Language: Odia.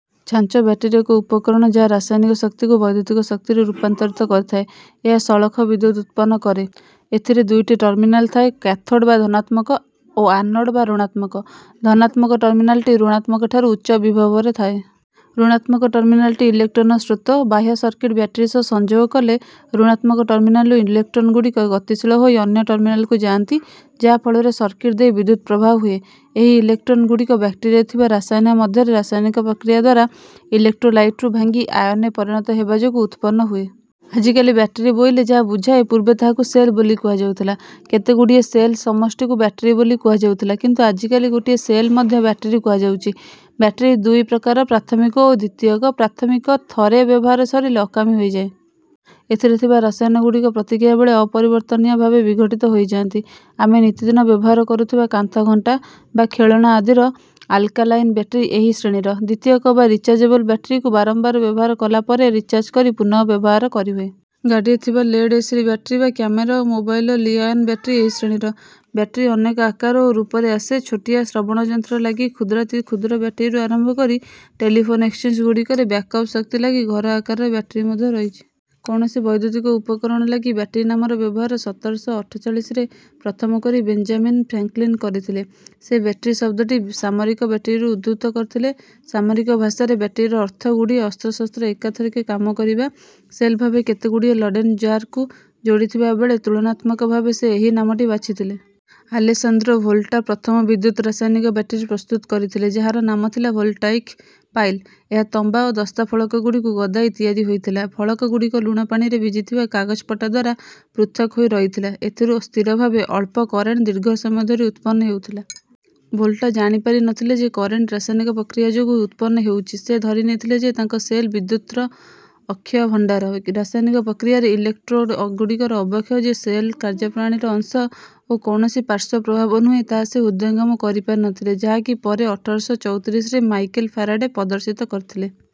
ଛାଞ୍ଚ ବ୍ୟାଟେରୀ ଏକ ଉପକରଣ ଯାହା ରସାୟନିକ ଶକ୍ତିକୁ ବୈଦ୍ୟୁତିକ ଶକ୍ତିରେ ରୂପାନ୍ତରିତ କରିଥାଏ। ଏହା ସଳଖ ବିଦ୍ୟୁତ୍ ଉତ୍ପନ୍ନ କରେ। ଏଥିରେ ଦୁଇଟି ଟର୍ମିନାଲ ଥାଏ କ୍ୟାଥୋଡ଼ ବା ଧନାତ୍ମକ ଓ ଆନୋଡ଼ ବା ଋଣାତ୍ମକ। ଧନାତ୍ମକ ଟର୍ମିନାଲଟି ଋଣାତ୍ମକ ଠାରୁ ଉଚ୍ଚ ବିଭବ ରେ ଥାଏ। ଋଣାତ୍ମକ ଟର୍ମିନାଲଟି ଇଲେକ୍ଟ୍ରନର ସ୍ରୋତ। ବାହ୍ୟ ସର୍କିଟ ବ୍ୟାଟେରୀ ସହ ସଂଯୋଗ କଲେ, ଋଣାତ୍ମକ ଟର୍ମିନାଲରୁ ଇଲେକ୍ଟ୍ରନ ଗୁଡ଼ିକ ଗତିଶୀଳ ହୋଇ ଅନ୍ୟ ଟର୍ମିନାଲକୁ ଯାଆନ୍ତି ଯାହା ଫଳରେ ସର୍କିଟ ଦେଇ ବିଦ୍ୟୁତ୍ ପ୍ରବାହ ହୁଏ। ଏହି ଇଲେକ୍ଟ୍ରନ ଗୁଡ଼ିକ ବ୍ୟାଟେରୀରେ ଥିବା ରସାୟନ ମଧ୍ୟରେ ରାସାୟନିକ ପ୍ରକ୍ରିୟାଦ୍ୱାରା ଇଲେକ୍ଟ୍ରୋଲାଇଟ୍ରୁ ଭାଙ୍ଗି ଆୟନରେ ପରିଣତ ହେବା ଯୋଗୁଁ ଉତ୍ପନ୍ନ ହୁଏ। ଆଜିକାଲି ବ୍ୟାଟେରୀ ବୋଇଲେ ଯାହା ବୁଝାଏ, ପୂର୍ବେ ତାହାକୁ ସେଲ୍ ବୋଲି କୁହାଯାଉଥିଲା। କେତେ ଗୁଡ଼ିଏ ସେଲ୍ର ସମଷ୍ଟିକୁ ବ୍ୟାଟେରୀ ବୋଲି କୁହାଯାଉଥିଲା, କିନ୍ତୁ ଆଜିକାଲି ଗୋଟିଏ ସେଲ୍କୁ ମଧ୍ୟ ବ୍ୟାଟେରୀ କୁହାଯାଉଛି। ବ୍ୟାଟେରୀ ଦୁଇ ପ୍ରକାରର ପ୍ରାଥମିକ ଓ ଦ୍ୱିତୀୟକ। ପ୍ରାଥମିକ ଥରେ ବ୍ୟବହାର ସରିଲେ ଅକାମୀ ହୋଇଯାଏ। ଏଥିରେ ଥିବା ରସାୟନ ଗୁଡ଼ିକ ପ୍ରତିକ୍ରିୟା ବେଳେ ଅପରିବର୍ତ୍ତନୀୟ ଭାବେ ବିଘଟିତ ହୋଇଯାଆନ୍ତି। ଆମେ ନିତିଦିନ ବ୍ୟବହାର କରୁଥିବା କାନ୍ଥଘଣ୍ଟା ବା ଖେଳଣା ଆଦିର ଆଲକାଲାଇନ ବ୍ୟାଟେରୀ ଏହି ଶ୍ରେଣୀର। ଦ୍ୱିତୀୟକ ବା ରିଚାର୍ଜେବଲ ବ୍ୟାଟେରୀକୁ ବାରମ୍ବାର ବ୍ୟବହାର କଲା ପରେ ରିଚାର୍ଜ କରି ପୁନଃବ୍ୟବହାର କରିହୁଏ। ଗାଡ଼ିରେ ଥିବା ଲେଡ ଏସିଡ ବ୍ୟାଟେରୀ ବା କ୍ୟାମେରା ଓ ମୋବାଇଲର ଲି-ଆୟନ ବ୍ୟାଟେରୀ ଏହି ଶ୍ରେଣୀର। ବ୍ୟାଟେରୀ ଅନେକ ଆକାର ଓ ରୂପରେ ଆସେ। ଛୋଟିଆ ଶ୍ରବଣଯନ୍ତ୍ର ଲାଗି କ୍ଷୁଦ୍ରାତିକ୍ଷୁଦ୍ର ବ୍ୟାଟେରୀରୁ ଆରମ୍ଭ କରି ଟେଲିଫୋନ ଏକ୍ସଚେଞ୍ଜ ଗୁଡ଼ିକରେ ବ୍ୟାକଅପ ଶକ୍ତି ଲାଗି ଘର ଆକାରର ବ୍ୟାଟେରୀ ମଧ୍ୟ ରହିଛି। କୌଣସି ବୈଦ୍ୟୁତିକ ଉପକରଣ ଲାଗି ବ୍ୟାଟେରୀ ନାମର ବ୍ୟବହାର ସତର ଶହ ଅଠଚାଳିଶରେ ପ୍ରଥମ କରି ବେଞ୍ଜାମିନ ଫ୍ରାଙ୍କଲିନ କରିଥିଲେ। ସେ ବ୍ୟାଟେରୀ ଶବ୍ଦଟି ସାମରିକ ବ୍ୟାଟେରୀରୁ ଉଦ୍ଧୃତ କରିଥିଲେ। ସାମରିକ ଭାଷାରେ ବ୍ୟାଟେରୀର ଅର୍ଥ ଗୁଡ଼ିଏ ଅସ୍ତ୍ର ଶସ୍ତ୍ର ଏକାଥରକେ କାମ କରିବା। ସେଲ୍ ଭାବେ କେତେଗୁଡିଏ ଲେଡ଼େନ୍ ଜାରକୁ ଯୋଡ଼ିଥିବା ବେଳେ ତୁଳନାତ୍ମକ ଭାବେ ସେ ଏହି ନାମଟି ବାଛିଥିଲେ। ଆଲେସାନ୍ଦ୍ରୋ ଭୋଲ୍ଟା, ପ୍ରଥମ ବିଦ୍ୟୁତ୍ ରସାୟନିକ ବ୍ୟାଟେରୀ ପ୍ରସ୍ତୁତ କରିଥିଲେ, ଯାହାର ନାମ ଥିଲା ଭୋଲ୍ଟାଇକ ପାଇଲ୍। ଏହା ତମ୍ବା ଓ ଦସ୍ତା ଫଳକ ଗୁଡ଼ିକୁ ଗଦାଇ ତିଆରି ହୋଇଥିଲା। ଫଳକ ଗୁଡିକ ଲୁଣିପାଣିରେ ଭିଜିଥିବା କାଗଜପଟାଦ୍ୱାରା ପୃଥକ୍ ହୋଇ ରହିଥିଲା। ଏଥିରୁ ସ୍ଥିର ଭାବେ ଅଳ୍ପ କରେଣ୍ଟ ଦୀର୍ଘ ସମୟ ଧରି ଉତ୍ପନ୍ନ ହେଉଥିଲା। ଭୋଲ୍ଟା ଜାଣିପାରି ନଥିଲେ ଯେ କରେଣ୍ଟ, ରାସାୟନିକ ପ୍ରକ୍ରିୟା ଯୋଗୁଁ ଉତ୍ପନ୍ନ ହେଉଛି। ସେ ଧରିନେଇଥିଲେ ଯେ ତାଙ୍କ ସେଲ୍ ବିଦ୍ୟୁତ୍ର ଅକ୍ଷୟ ଭଣ୍ଡାର। ରାସାୟନିକ ପ୍ରକ୍ରିୟାରେ ଇଲେକ୍ଟ୍ରୋଡ ଗୁଡ଼ିକର ଅବକ୍ଷୟ ଯେ ସେଲ୍ର କାର୍ଯ୍ୟପ୍ରଣାଳୀର ଅଂଶ ଓ କୌଣସି ପାର୍ଶ୍ୱ ପ୍ରଭାବ ନୁହଁ ତାହା ସେ ହୃଦୟଙ୍ଗମ କରିପାରିନଥିଲେ, ଯାହାକି ପରେ ଅଠର ଶହ ଚଉତିରିଶରେ ମାଇକେଲ ଫାରାଡ଼େ ପଦର୍ଶିତ କରିଥିଲେ।